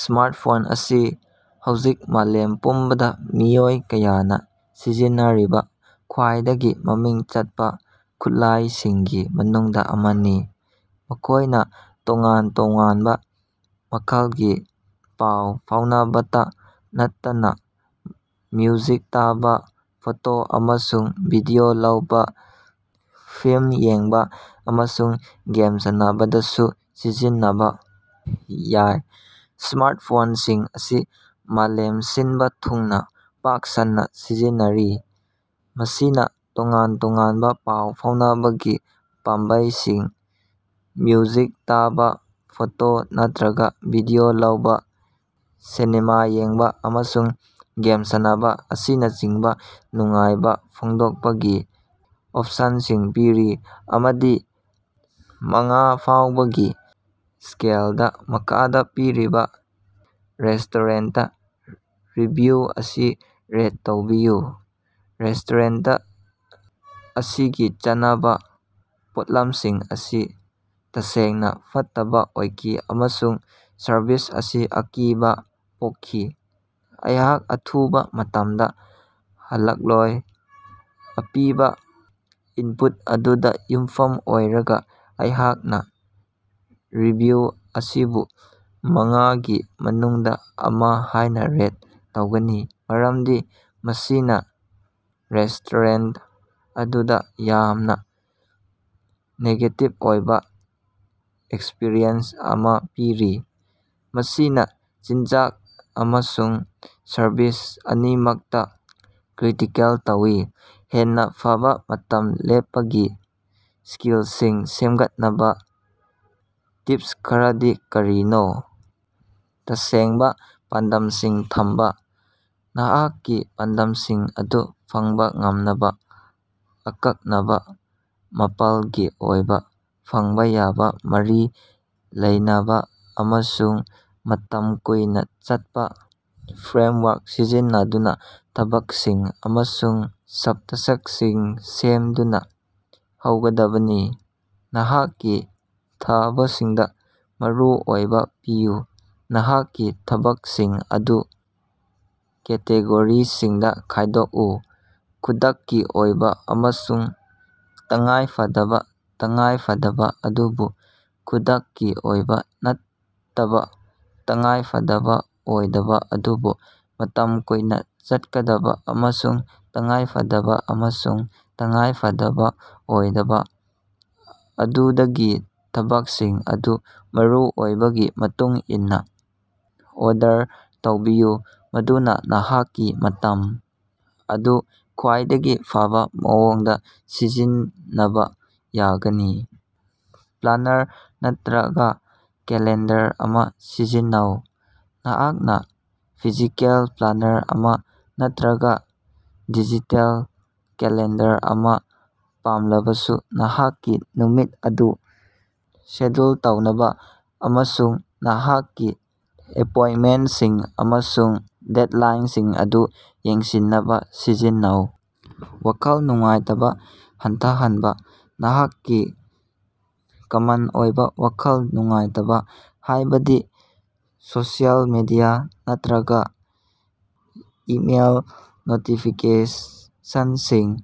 Smartphone ꯑꯁꯤ ꯍꯧꯖꯤꯛ ꯃꯥꯂꯦꯝ ꯄꯨꯝꯕꯗ ꯃꯤꯑꯣꯏ ꯀꯌꯥꯅ ꯁꯤꯖꯤꯟꯅꯔꯤꯕ ꯈ꯭ꯋꯥꯏꯗꯒꯤ ꯃꯃꯤꯡ ꯆꯠꯄ ꯈꯨꯠꯂꯥꯏꯁꯤꯡꯒꯤ ꯃꯅꯨꯡꯗ ꯑꯃꯅꯤ꯫ ꯃꯈꯣꯏꯅ ꯇꯣꯉꯥꯟ ꯇꯣꯉꯥꯟꯕ ꯃꯈꯜꯒꯤ ꯄꯥꯎ ꯐꯥꯎꯅꯕꯇ ꯅꯠꯇꯅ ꯃ꯭ꯌꯨꯖꯤꯛ ꯇꯥꯕ, ꯐꯣꯇꯣ ꯑꯃꯁꯨꯡ ꯚꯤꯗꯤꯑꯣ ꯂꯧꯕ ꯐꯤꯜꯃ ꯌꯦꯡꯕ ꯑꯃꯁꯨꯡ ꯒꯦꯝ ꯁꯥꯟꯅꯕꯗꯁꯨ ꯁꯤꯖꯤꯟꯅꯕ ꯌꯥꯏ꯫ ꯁ꯭ꯃꯥꯔꯠꯐꯣꯟꯁꯤꯡ ꯑꯁꯤ ꯃꯥꯂꯦꯝ ꯁꯤꯟꯕ ꯊꯨꯡꯅ ꯄꯥꯛ ꯁꯟꯅ ꯁꯤꯖꯤꯟꯅꯔꯤ꯫ ꯃꯁꯤꯅ ꯇꯣꯉꯥꯟ ꯇꯣꯉꯥꯟꯕ ꯄꯥꯎ ꯐꯥꯎꯅꯕꯒꯤ ꯄꯥꯝꯕꯩꯁꯤꯡ, ꯃ꯭ꯌꯨꯖꯤꯛ ꯇꯥꯕ ꯐꯣꯇꯣ ꯅꯠꯇ꯭ꯔꯒ ꯚꯤꯗꯤꯑꯣ ꯂꯧꯕ ꯁꯤꯅꯦꯃꯥ ꯌꯦꯡꯕ ꯑꯃꯁꯨꯡ ꯒꯦꯝ ꯁꯥꯟꯅꯕ ꯑꯁꯤꯅꯆꯤꯡꯕ ꯅꯨꯡꯉꯥꯏꯕ ꯐꯣꯡꯗꯣꯛꯄꯒꯤ ꯑꯣꯐꯁꯟꯁꯤꯡ ꯄꯤꯔꯤ꯫ ꯑꯃꯗꯒꯤ ꯃꯉꯥꯐꯥꯎꯕꯒꯤ ꯁ꯭ꯀꯦꯜꯗ ꯃꯈꯥꯗ ꯄꯤꯔꯤꯕ ꯔꯦꯁ꯭ꯇꯣꯔꯦꯟꯇ ꯔꯤꯚꯤꯌꯨ ꯑꯁꯤ ꯔꯦꯠ ꯇꯧꯕꯤꯌꯨ꯫ "ꯔꯦꯁ꯭ꯇꯣꯔꯦꯟꯇ ꯑꯁꯤꯒꯤ ꯆꯥꯅꯕ ꯄꯣꯠꯂꯝꯁꯤꯡ ꯑꯁꯤ ꯇꯁꯦꯡꯅ ꯐꯠꯇꯕ ꯑꯣꯏꯈꯤ ꯑꯃꯁꯨꯡ ꯁꯔꯕꯤꯁ ꯑꯁꯤ ꯑꯀꯤꯕ ꯄꯣꯛꯈꯤ꯫ ꯑꯩꯍꯥꯛ ꯑꯊꯨꯕ ꯃꯇꯝꯗ ꯍꯜꯂꯛꯂꯣꯏ꯫" ꯑꯄꯤꯕꯥ ꯏꯅꯄꯨꯠ ꯑꯗꯨꯗ ꯌꯨꯝꯐꯝ ꯑꯣꯏꯔꯒ ꯑꯩꯍꯥꯛꯅ ꯔꯤꯚꯤꯌꯨ ꯑꯁꯤꯕꯨ ꯃꯉꯥꯒꯤ ꯃꯅꯨꯡꯗꯥ ꯑꯃ ꯍꯥꯏꯅ ꯔꯦꯠ ꯇꯧꯒꯅꯤ ꯃꯔꯝꯗꯤ ꯃꯁꯤꯅ ꯔꯦꯁ꯭ꯇꯣꯔꯦꯟꯇ ꯑꯗꯨꯗ ꯌꯥꯝꯅ ꯅꯦꯒꯦꯇꯤꯕ ꯑꯣꯏꯕ ꯑꯦꯛꯁꯄꯔꯤꯌꯦꯟꯁ ꯑꯃꯥ ꯄꯤꯔꯤ꯫ ꯃꯁꯤꯅ ꯆꯤꯟꯖꯥꯛ ꯑꯃꯁꯨꯡ ꯁꯔꯕꯤꯁ ꯑꯅꯤꯃꯛꯇ ꯀ꯭ꯔꯤꯇꯤꯀꯦꯜ ꯇꯧꯏ꯫ ꯍꯦꯟꯅ ꯐꯕ ꯃꯇꯝ ꯂꯦꯞꯄꯒꯤ ꯁ꯭ꯀꯤꯜꯁꯤꯡ ꯁꯦꯝꯒꯠꯅꯕ ꯇꯤꯄꯁ ꯈꯔꯗꯤ ꯀꯔꯤꯅꯣ? ꯇꯁꯦꯡꯕ ꯄꯥꯟꯗꯝꯁꯤꯡ ꯊꯝꯕ: ꯅꯍꯥꯛꯀꯤ ꯄꯥꯟꯗꯝꯁꯤꯡ ꯑꯗꯨ ꯐꯪꯕ ꯉꯝꯅꯕ ꯑꯀꯛꯅꯕ, ꯃꯥꯄꯜꯒꯤ ꯑꯣꯏꯕ, ꯐꯪꯕ ꯌꯥꯕ ꯃꯔꯤ ꯂꯩꯅꯕꯡꯑꯃꯁꯨꯡ ꯃꯇꯝ ꯀꯨꯏꯅ ꯆꯠꯄ ꯐ꯭ꯔꯦꯃꯋꯥꯔꯛ ꯁꯤꯖꯤꯟꯅꯗꯨꯅ ꯊꯕꯛꯁꯤꯡ ꯑꯃꯁꯨꯡ ꯁꯕꯇꯥꯁ꯭ꯛꯁꯤꯡ ꯁꯦꯝꯗꯨꯅ ꯍꯧꯒꯗꯕꯅꯤ꯫ ꯅꯍꯥꯛꯀꯤ ꯊꯕꯚꯁꯤꯡꯗ ꯃꯔꯨ ꯑꯣꯏꯕ ꯄꯤꯌꯨ: ꯅꯍꯥꯛꯀꯤ ꯊꯕꯛꯁꯤꯡ ꯑꯗꯨ ꯀꯦꯇꯦꯒꯣꯔꯤꯁꯤꯡꯗ ꯈꯥꯏꯗꯣꯛꯎ: ꯈꯨꯗꯛꯀꯤ ꯑꯣꯏꯕ ꯑꯃꯁꯨꯡ ꯇꯉꯥꯏꯐꯗꯕ, ꯇꯉꯥꯏꯐꯗꯕ ꯑꯗꯨꯕꯨ ꯈꯨꯗꯛꯀꯤ ꯑꯣꯏꯕ ꯅꯠꯇꯕ, ꯇꯉꯥꯏꯐꯗꯕ ꯑꯣꯏꯗꯕ ꯑꯗꯨꯕꯨ ꯃꯇꯝ ꯀꯨꯏꯅ ꯆꯠꯀꯗꯕ, ꯑꯃꯁꯨꯡ ꯇꯉꯥꯏꯐꯗꯕ ꯑꯃꯁꯨꯡ ꯇꯉꯥꯏꯐꯗꯕ ꯑꯣꯏꯗꯕ꯫ ꯑꯗꯨꯗꯒꯤ ꯊꯕꯛꯁꯤꯡ ꯑꯗꯨ ꯃꯔꯨꯑꯣꯏꯕꯒꯤ ꯃꯇꯨꯡ ꯏꯟꯅ ꯑꯣꯔꯗꯔ ꯇꯧꯕꯤꯌꯨ ꯃꯗꯨꯅ ꯅꯍꯥꯛꯀꯤ ꯃꯇꯝ ꯑꯗꯨ ꯈ꯭ꯋꯥꯏꯗꯒꯤ ꯐꯕ ꯃꯑꯣꯡꯗ ꯁꯤꯖꯤꯟꯅꯕ ꯌꯥꯒꯅꯤ꯫ ꯄ꯭ꯂꯥꯅꯔ ꯅꯠꯇ꯭ꯔꯒ ꯀꯦꯂꯦꯟꯗꯔ ꯑꯃ ꯁꯤꯖꯤꯟꯅꯧ: ꯅꯍꯥꯛꯅ ꯐꯤꯖꯤꯀꯦꯜ ꯄ꯭ꯂꯥꯅꯔ ꯑꯃ ꯅꯠꯇ꯭ꯔꯒ ꯗꯤꯖꯤꯇꯦꯜ ꯀꯦꯂꯦꯟꯗꯔ ꯑꯃ ꯄꯥꯝꯂꯕꯁꯨ ꯅꯍꯥꯛꯀꯤ ꯅꯨꯃꯤꯠ ꯑꯗꯨ ꯁꯦꯗ꯭ꯌꯨꯜ ꯇꯧꯅꯕ ꯑꯃꯁꯨꯡ ꯅꯍꯥꯛꯀꯤ ꯑꯦꯄꯣꯏꯟꯇꯃꯦꯟꯇꯁꯤꯡ ꯑꯃꯁꯨꯡ ꯗꯦꯗꯂꯥꯏꯟꯁꯤꯡ ꯑꯗꯨ ꯌꯦꯡꯁꯤꯟꯅꯕ ꯁꯤꯖꯤꯟꯅꯧ꯫ ꯋꯥꯈꯜ ꯅꯨꯡꯉꯥꯏꯇꯕ ꯍꯟꯊꯍꯟꯕ: ꯅꯍꯥꯛꯀꯤ ꯀꯃꯟ ꯑꯣꯏꯕ ꯋꯥꯈꯜ ꯅꯨꯡꯉꯥꯏꯇꯕ ꯍꯥꯏꯕꯗꯤ ꯁꯣꯁꯤꯑꯦꯜ ꯃꯦꯗꯤꯌꯥ ꯅꯠꯇꯔꯒ ꯏꯃꯦꯏꯜ ꯅꯣꯇꯤꯐꯤꯀꯦꯁꯟꯁꯤꯡ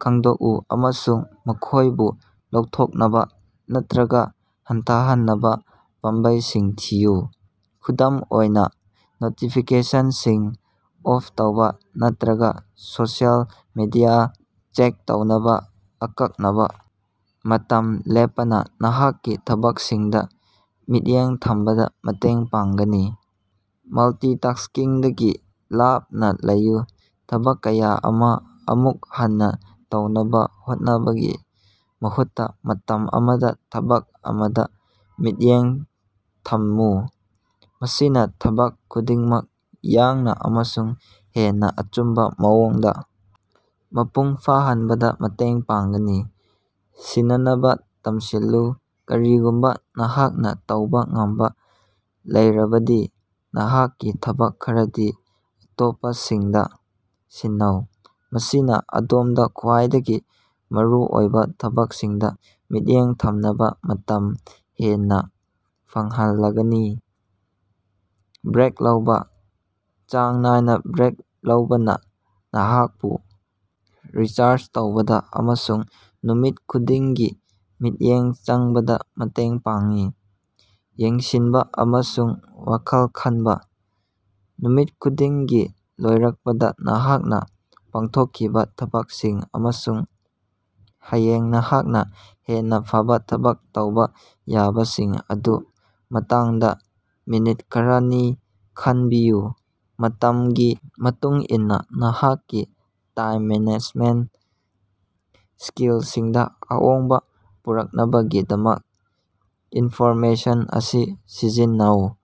ꯈꯪꯗꯣꯛꯎ ꯑꯃꯁꯨꯡ ꯃꯈꯣꯏꯕꯨ ꯂꯧꯊꯣꯛꯅꯕ ꯅꯠꯇ꯭ꯔꯒ ꯍꯟꯊꯍꯟꯅꯕ ꯄꯥꯝꯕꯩꯁꯤꯡ ꯊꯤꯌꯨ꯫ ꯈꯨꯗꯝ ꯑꯣꯏꯅ ꯅꯣꯇꯤꯐꯤꯀꯦꯁꯟꯁꯤꯡ ꯑꯣꯐ ꯇꯧꯕ ꯅꯠꯇ꯭ꯔꯒ ꯁꯣꯁꯤꯑꯦꯜ ꯃꯦꯗꯤꯌꯥ ꯆꯦꯛ ꯇꯧꯅꯕ ꯑꯀꯛꯅꯕ ꯃꯇꯝ ꯂꯦꯞꯄꯅ ꯅꯍꯥꯛꯀꯤ ꯊꯕꯛꯁꯤꯡꯗ ꯃꯤꯠꯌꯦꯡ ꯊꯝꯕꯗ ꯃꯇꯦꯡ ꯄꯥꯡꯒꯅꯤ꯫ ꯃꯜꯇꯤꯇꯥꯁ꯭ꯀꯤꯡꯗꯒꯤ ꯂꯥꯞꯅꯥ ꯂꯩꯌꯨ: ꯊꯕꯛ ꯀꯌꯥ ꯑꯃ ꯑꯃꯨꯛ ꯍꯟꯅ ꯇꯧꯅꯕ ꯍꯣꯠꯅꯕꯒꯤ ꯃꯍꯨꯠꯇ ꯃꯇꯝ ꯑꯃꯗ ꯊꯕꯛ ꯑꯃꯗ ꯃꯤꯠꯌꯦꯡ ꯊꯝꯃꯨ꯫ ꯃꯁꯤꯅ ꯊꯕꯛ ꯈꯨꯗꯤꯡꯃꯛ ꯌꯥꯡꯅ ꯑꯃꯁꯨꯡ ꯍꯦꯟꯅ ꯑꯆꯨꯝꯕ ꯃꯑꯣꯡꯗ ꯃꯄꯨꯡ ꯐꯥꯍꯟꯕꯗ ꯃꯇꯦꯡ ꯄꯥꯡꯒꯅꯤ꯫ ꯁꯤꯟꯅꯅꯕ ꯇꯝꯁꯤꯜꯂꯨ: ꯀꯔꯤꯒꯨꯝꯕ ꯅꯍꯥꯛꯅ ꯇꯧꯕ ꯉꯝꯕ ꯂꯩꯔꯕꯗꯤ ꯅꯍꯥꯛꯀꯤ ꯊꯕꯛ ꯈꯔꯗꯤ ꯑꯇꯣꯞꯄꯁꯤꯡꯗꯥ꯫ ꯁꯤꯟꯅꯧ꯫ ꯃꯁꯤꯅ ꯑꯗꯣꯝꯗ ꯈ꯭ꯋꯥꯏꯗꯒꯤ ꯃꯔꯨꯑꯣꯏꯕ ꯊꯕꯛꯁꯤꯡꯗ ꯃꯤꯠꯌꯦꯡ ꯊꯝꯅꯕ ꯃꯇꯝ ꯍꯦꯟꯅ ꯐꯪꯍꯜꯂꯒꯅꯤ꯫ ꯕ꯭ꯔꯦꯛ ꯂꯧꯕꯥ: ꯆꯥꯡ ꯅꯥꯏꯅ ꯕ꯭ꯔꯦꯛ ꯂꯧꯕꯅ ꯅꯍꯥꯛꯄꯨ ꯔꯤꯆꯥꯔꯖ ꯇꯧꯕꯗ ꯑꯃꯁꯨꯡ ꯅꯨꯃꯤꯠ ꯈꯨꯗꯤꯡꯒꯤ ꯃꯤꯠꯌꯦꯡ ꯆꯪꯕꯗ ꯃꯇꯦꯡ ꯄꯥꯡꯏ꯫ ꯌꯦꯡꯁꯤꯟꯕ ꯑꯃꯁꯨꯡ ꯋꯥꯈꯜ ꯈꯟꯕ: ꯅꯨꯃꯤꯠ ꯈꯨꯗꯤꯡꯒꯤ ꯂꯣꯏꯔꯛꯄꯗ, ꯅꯍꯥꯛꯅ ꯄꯥꯡꯊꯣꯛꯈꯤꯕ ꯊꯕꯛꯁꯤꯡ ꯑꯃꯁꯨꯡ ꯍꯌꯦꯡ ꯅꯍꯥꯛꯅ ꯍꯦꯟꯅ ꯐꯕ ꯊꯕꯛ ꯇꯧꯕ ꯌꯥꯕꯁꯤꯡ ꯑꯗꯨꯒꯤ ꯃꯇꯥꯡꯗ ꯃꯤꯅꯤꯠ ꯈꯔꯅꯤ ꯈꯟꯕꯤꯌꯨ꯫ ꯃꯇꯝꯒꯤ ꯃꯇꯨꯡꯏꯟꯅ ꯅꯍꯥꯛꯀꯤ ꯇꯥꯏꯝ ꯃꯦꯅꯦꯖꯃꯦꯟꯇ ꯁ꯭ꯀꯤꯜꯁꯤꯡꯗ ꯑꯍꯣꯡꯕ ꯄꯨꯔꯛꯅꯕꯒꯤꯗꯃꯛ ꯏꯅꯐꯣꯔꯃꯦꯁꯟ ꯑꯁꯤ ꯁꯤꯖꯤꯟꯅꯧ꯫